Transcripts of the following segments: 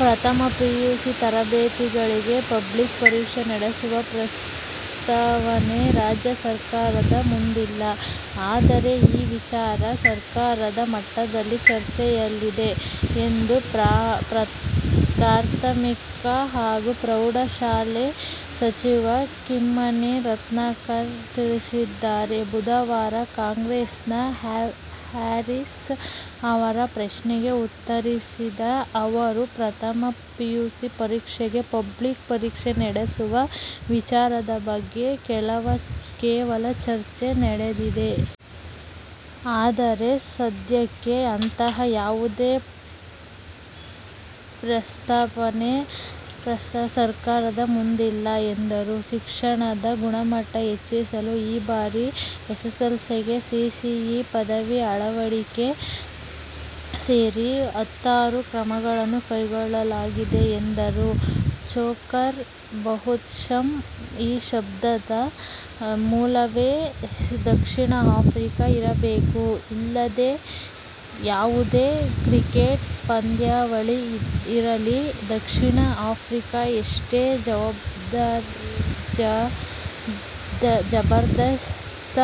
ಪ್ರಥಮ ಪಿಯುಸಿ ತರಗತಿಗಳಿಗೆ ಪಬ್ಲಿಕ್ ಪರೀಕ್ಷೆ ನಡೆಸುವ ಪ್ರಸ್ತಾವನೆ ರಾಜ್ಯ ಸರ್ಕಾರದ ಮುಂದಿಲ್ಲ. ಆದರೆ, ಈ ವಿಚಾರ ಸರ್ಕಾರದ ಮಟ್ಟದಲ್ಲಿ ಚರ್ಚೆಯಲ್ಲಿದೆ ಎಂದು ಪ್ರಾಥಮಿಕ ಹಾಗೂ ಪ್ರೌಢ ಶಿಕ್ಷಣ ಸಚಿವ ಕಿಮ್ಮನೆ ರತ್ನಾಕರ ತಿಳಿಸಿದ್ದಾರೆ. ಬುಧವಾರ ಕಾಂಗ್ರೆಸ್ನ ಹ್ಯಾರೀಸ್ ಅವರ ಪ್ರಶ್ನೆಗೆ ಉತ್ತರಿಸಿದ ಅವರು, ಪ್ರಥಮ ಪಿಯುಸಿ ಪರೀಕ್ಷೆಗೆ ಪಬ್ಲಿಕ್ ಪರೀಕ್ಷೆ ನಡೆಸುವ ವಿಚಾರದ ಬಗ್ಗೆ ಕೇವಲ ಚರ್ಚೆ ನಡೆದಿದೆ. ಆದರೆ, ಸದ್ಯಕ್ಕೆ ಅಂತಹ ಯಾವುದೇ ಪ್ರಸ್ತಾವನೆ ಸರ್ಕಾರದ ಮುಂದಿಲ್ಲ ಎಂದರು. ಶಿಕ್ಷಣದ ಗುಣಮಟ್ಟ ಹೆಚ್ಚಿಸಲು ಈ ಬಾರಿ ಎಸ್ಎಸ್ಎಲ್ಸಿಗೆ ಸಿಸಿಇ ಪದ್ಧತಿ ಅಳವಡಿಕೆ ಸೇರಿ ಹತ್ತಾರು ಕ್ರಮಗಳನ್ನು ಕೈಗೊಳ್ಳಲಾಗಿದೆ ಎಂದರು. "ಚೋಕರ್'-ಬಹುಶಃ ಈ ಶಬ್ದದ ಮೂಲವೇ ದಕ್ಷಿಣ ಆಫ್ರಿಕಾ ಇರಬೇಕು! ಯಾವುದೇ ಕ್ರಿಕೆಟ್ ಪಂದ್ಯಾವಳಿ ಇರಲಿ, ದಕ್ಷಿಣ ಆಫ್ರಿಕಾ ಎಷ್ಟೇ ಜಬರ್ದಸ್ತ್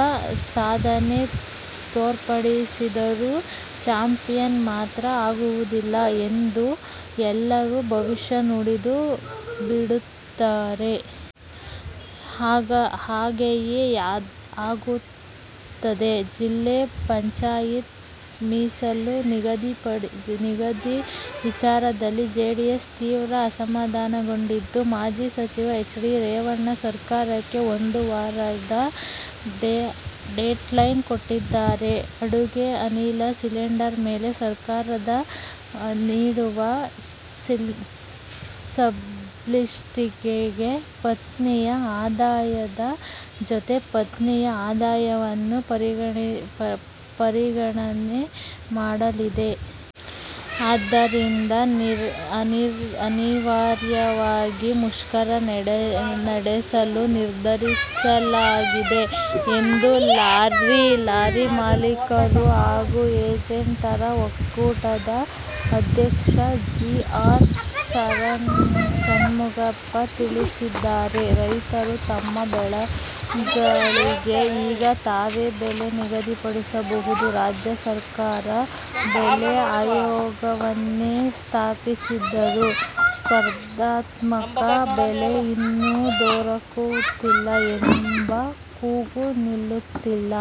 ಸಾಧನೆ ತೋರ್ಪಡಿಸಿದರೂ ಚಾಂಪಿಯನ್ ಮಾತ್ರ ಆಗುವುದಿಲ್ಲ ಎಂದು ಎಲ್ಲರೂ ಭವಿಷ್ಯ ನುಡಿದು ಬಿಡುತ್ತಾರೆ. ಹಾಗೆಯೇ ಆಗುತ್ತದೆ! ಜಿಲ್ಲಾ ಪಂಚಾಯತ್ ಮೀಸಲು ನಿಗದಿ ವಿಚಾರದಲ್ಲಿ ಜೆಡಿಎಸ್ ತೀವ್ರ ಅಸಮಾಧಾನಗೊಂಡಿದ್ದು, ಮಾಜಿ ಸಚಿವ ಎಚ್. ಡಿ. ರೇವಣ್ಣ ಸರಕಾರಕ್ಕೆ ಒಂದು ವಾರದ "ಡೆಡ್ಲೈನ್' ಕೊಟ್ಟಿದ್ದಾರೆ. ಅಡುಗೆ ಅನಿಲ ಸಿಲಿಂಡರ್ ಮೇಲೆ ಸರ್ಕಾರ ನೀಡುವ ಸಬ್ಸಿಡಿಗೆ ಪತಿಯ ಆದಾಯದ ಜತೆ ಪತ್ನಿಯ ಆದಾಯವನ್ನು ಪರಿಗಣನೆ ಮಾಡಲಿದೆ. ಆದ್ದರಿಂದ ಅನಿವಾರ್ಯವಾಗಿ ಮುಷ್ಕರ ನಡೆಸಲು ನಿರ್ಧರಿಸಲಾಗಿದೆ ಎಂದು ಲಾರಿ ಮಾಲೀಕರು ಹಾಗೂ ಏಜೆಂಟರ ಒಕ್ಕೂಟದ ಅಧ್ಯಕ್ಷ ಜಿ. ಆರ್. ಷಣ್ಮುಗಪ್ಪ ತಿಳಿಸಿದ್ದಾರೆ. ರೈತರು ತಮ್ಮ ಬೆಳೆಗಳಿಗೆ ಈಗ ತಾವೇ ಬೆಲೆ ನಿಗದಿಪಡಿಸಬಹುದು! ರಾಜ್ಯ ಸರ್ಕಾರ ಬೆಲೆ ಆಯೋಗವನ್ನೇ ಸ್ಥಾಪಿಸಿದ್ದರೂ ಸ್ಪರ್ಧಾತ್ಮಕ ಬೆಲೆ ಇನ್ನೂ ದೊರಕುತ್ತಿಲ್ಲ ಎಂಬ ಕೂಗು ನಿಲ್ಲುತ್ತಿಲ್ಲ.